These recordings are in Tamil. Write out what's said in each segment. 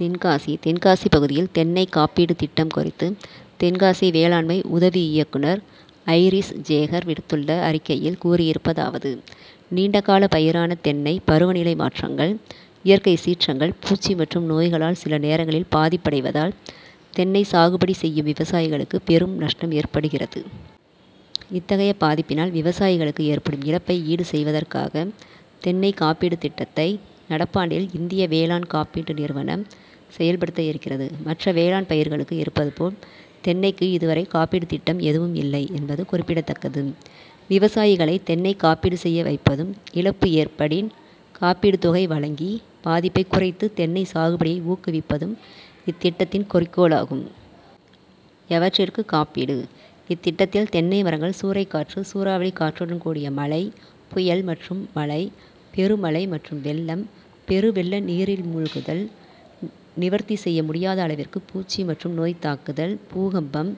தென்காசி தென்காசி பகுதியில் தென்னை காப்பீடு திட்டம் குறித்து தென்காசி வேளாண்மை உதவி இயக்குநர் ஐரிஷ்சேகர் விடுத்துள்ள அறிக்கையில் கூறியிருப்பதாவது நீண்ட கால பயிரான தென்னை பருவ நிலை மாற்றங்கள், இயற்கை சீற்றங்கள், பூச்சி மற்றும் நோய்களால் சில நேரங்களில் பாதிப்படைவதால் தென்னை சாகுபடி செய்யும் விவசாயிகளுக்கு பெரும் நஷ்டம் ஏற்படுகிறது. இத்தகைய பாதிப்பினால் விவசாயிகளுக்கு ஏற்படும் இழப்பை ஈடு செய்வதற்காக தென்னை காப்பீடு திட்டத்தை நடப்பாண்டில் இந்திய வேளாண் காப்பீடு நிறுவனம் செயல்படுத்த இருக்கிறது. மற்ற வேளாண் பயிர்களுக்கு இருப்பது போல் தென்னைக்கு இதுவரை காப்பீடு திட்டம் எதுவும் இல்லை என்பது குறிப்பிடத்தக்கது. விவசாயிகளை தென்னை காப்பீடு செய்ய வைப்பதும், இழப்பு ஏற்படின் காப்பீடு தொகை வழங்கி பாதிப்பை குறைத்து தென்னை சாகுபடியை ஊக்குவிப்பதும் இத்திட்டத்தின் குறிக்கோளாகும். எவற்றிற்கு காப்பீடுஇத்திட்டத்தில் தென்னை மரங்கள் சூறைக்காற்று, சூறாவளிக்காற்றுடன் கூடிய மழை, புயல் மற்றும் மழை, பெரு மழை மற்றும் வெள்ளம், பெரு வெள்ள நீரில் மூழ்குதல், நிவர்த்தி செய்ய முடியாத அளவிற்கு பூச்சி மற்றும் நோய் தாக்குதல், பூகம்பம்,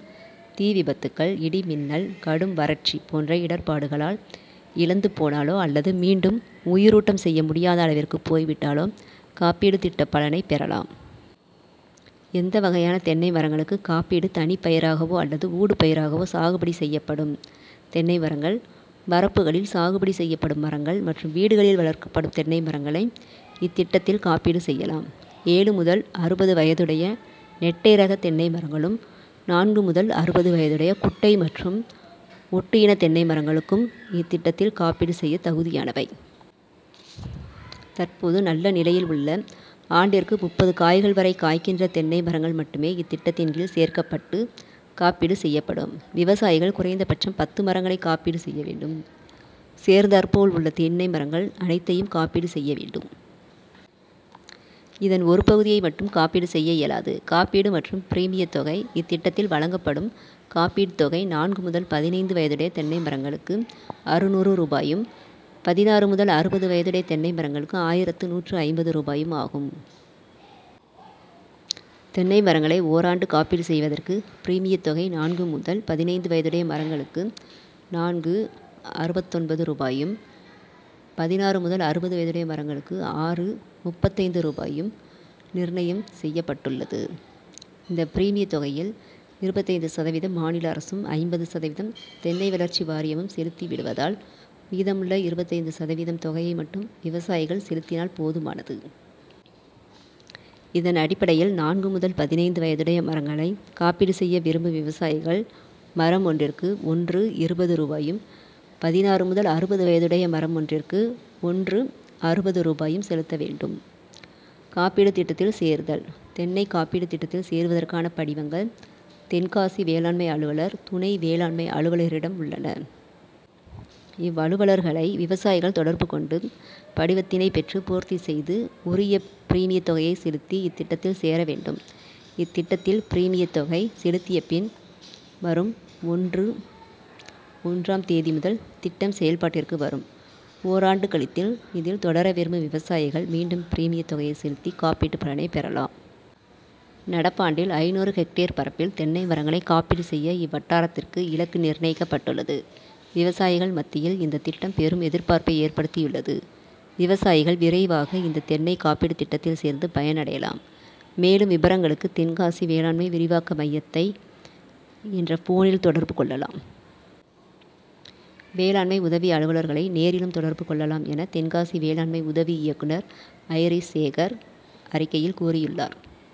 தீ விபத்துகள், இடிமின்னல், கடும் வறட்சி போன்ற இடர்பாடுகளால் இழந்து போனாலோ அல்லது மீண்டும் உயிரூட்டம் செய்ய முடியாத அளவிற்கு போய் விட்டாலோ காப்பீடு திட்ட பலனை பெறலாம். எந்த வகையான தென்னை மரங்களுக்கு காப்பீடுதனிப்பயிராகவோ அல்லது ஊடு பயிராகவோ சாகுபடி செய்யப்படும் தென்னை மரங்கள், வரப்புகளில் சாகுபடி செய்யப்படும் மரங்கள் மற்றும் வீடுகளில் வளர்க்கப்படும் தென்னை மரங்களை இத்திட்டத்தில் காப்பீடு செய்யலாம். ஏழு முதல் அறுபது வயதுடைய நெட்டை ரக தென்னை மரங்களும், நான்கு முதல் அறுபது வயதுடைய குட்டை மற்றும் ஒட்டு இன தென்னை மரங்களும் இத்திட்டத்தில் காப்பீடு செய்ய தகுதியானவை. தற்போது நல்ல நிலையில் உள்ள ஆண்டிற்கு முப்பது காய்கள் வரை காய்க்கின்ற தென்னை மரங்கள் மட்டுமே இத்திட்டத்தின் கீழ் சேர்க்க்கப்பட்டு காப்பீடு செய்யப்படும். விவசாயிகள் குறைந்த பட்சம் பத்து மரங்களை காப்பீடு செய்ய வேண்டும். சேர்ந்தாற்போல் உள்ள தென்னை மரங்கள் அனைத்தையும் காப்பீடு செய்ய வேண்டும். இதன் ஒரு பகுதியை மட்டும் காப்பீடு செய்ய இயலாது. காப்பீடு மற்றும் பிரிமிய தொகைஇத்திட்டத்தில் வழங்கப்படும் காப்பீடு தொகை நான்கு முதல் பதினைந்து வயதுடைய தென்னை மரங்களுக்கு அறுநூறு ரூபாயும், பதினாறு முதல் அறுபது வயதுடைய தென்னை மரங்களுக்கு ஆயிரத்து நூற்று ஐம்பது ரூபாயும் ஆகும். தென்னை மரங்களை ஓர் ஆண்டு காப்பீடு செய்வதற்கு பிரிமிய தொகை நான்கு முதல் பதினைந்து வயதுடைய மரங்களுக்கு நான்கு.அறுபத்தொன்பது ரூபாயும், பதினாறு முதல் அறுபது வயதுடைய மரங்களுக்கு ஆறு.முப்பத்தைந்து ரூபாயும் நிர்ணயம் செய்யப்பட்டுள்ளது. இந்த பிரிமிய தொகையில் இருபத்தைந்து சதவீதம் மாநில அரசும், ஐம்பது சதவீதம் தென்னை வளர்ச்சி வாரியமும் செலுத்தி விடுவதால் மீதமுள்ள இருபத்தைந்து சதவீதம் தொகையை மட்டும் விவசாயிகள் செலுத்தினால் போதுமானது. இதனடிப்படையில் நான்கு முதல் பதினைந்து வயதுடைய மரங்களை காப்பீடு செய்ய விரும்பும் விவசாயிகள் மரம் ஒன்றிக்கு ஒன்று.இருபது ரூபாயும், பதினாறு முதல் அறுபது வயதுடைய மரம் ஒன்றிற்கு ஒன்று.அறுபது ரூபாயும் செலுத்த வேண்டும். காப்பீடு திட்டத்தில் சேருதல்தென்னை காப்பீடு திட்டத்தில் சேருவதற்கான படிவங்கள் தென்காசி வேளாண்மை அலுவலர், துணை வேளாண்மை அலுவலரிடம் உள்ளன. இவ்வலுவலர்களை விவசாயிகள் தொடர்பு கொண்டு படிவத்தினை பெற்று பூர்த்தி செய்து உரிய பிரிமிய தொகையை செலுத்தி இத்திட்டத்தில் சேர வேண்டும். இத்திட்டத்தில் பிரிமிய தொகை செலுத்திய பின் வரும் ஒன்று ம் தேதி முதல் திட்டம் செயல்பாட்டிற்கு வரும். ஓர் ஆண்டு கழித்து இதில் தொடர விரும்பும் விவசாயிகள் மீண்டும் பிரிமிய தொகை செலுத்தி காப்பீடு பலனை பெறலாம். நடப்பாண்டில் ஐந்நூறு ஹெக்டேர் பரப்பில் தென்னை மரங்களை காப்பீடு செய்ய இவ்வட்டாரத்திற்கு இலக்கு நிர்ணயிக்கப்பட்டுள்ளது. விவசாயிகள் மத்தியில் இந்த திட்டம் பெரும் எதிர்பார்ப்பை ஏற்படுத்தியுள்ளது. விவசாயிகள் விரைவாக இந்த தென்னை காப்பீடு திட்டத்தில் சேர்ந்து பயனடையலாம். மேல் விபரங்களுக்கு தென்காசி வேளாண்மை விரிவாக்க மையத்தை என்ற போனில் தொடர்பு கொள்ளலாம். வேளாண்மை உதவி அலுவலர்களை நேரிலும் தொடர்பு கொள்ளலாம் என தென்காசி வேளாண்மை உதவி இயக்குநர் ஐரிஷ்சேகர் அறிக்கையில் கூறியுள்ளார்.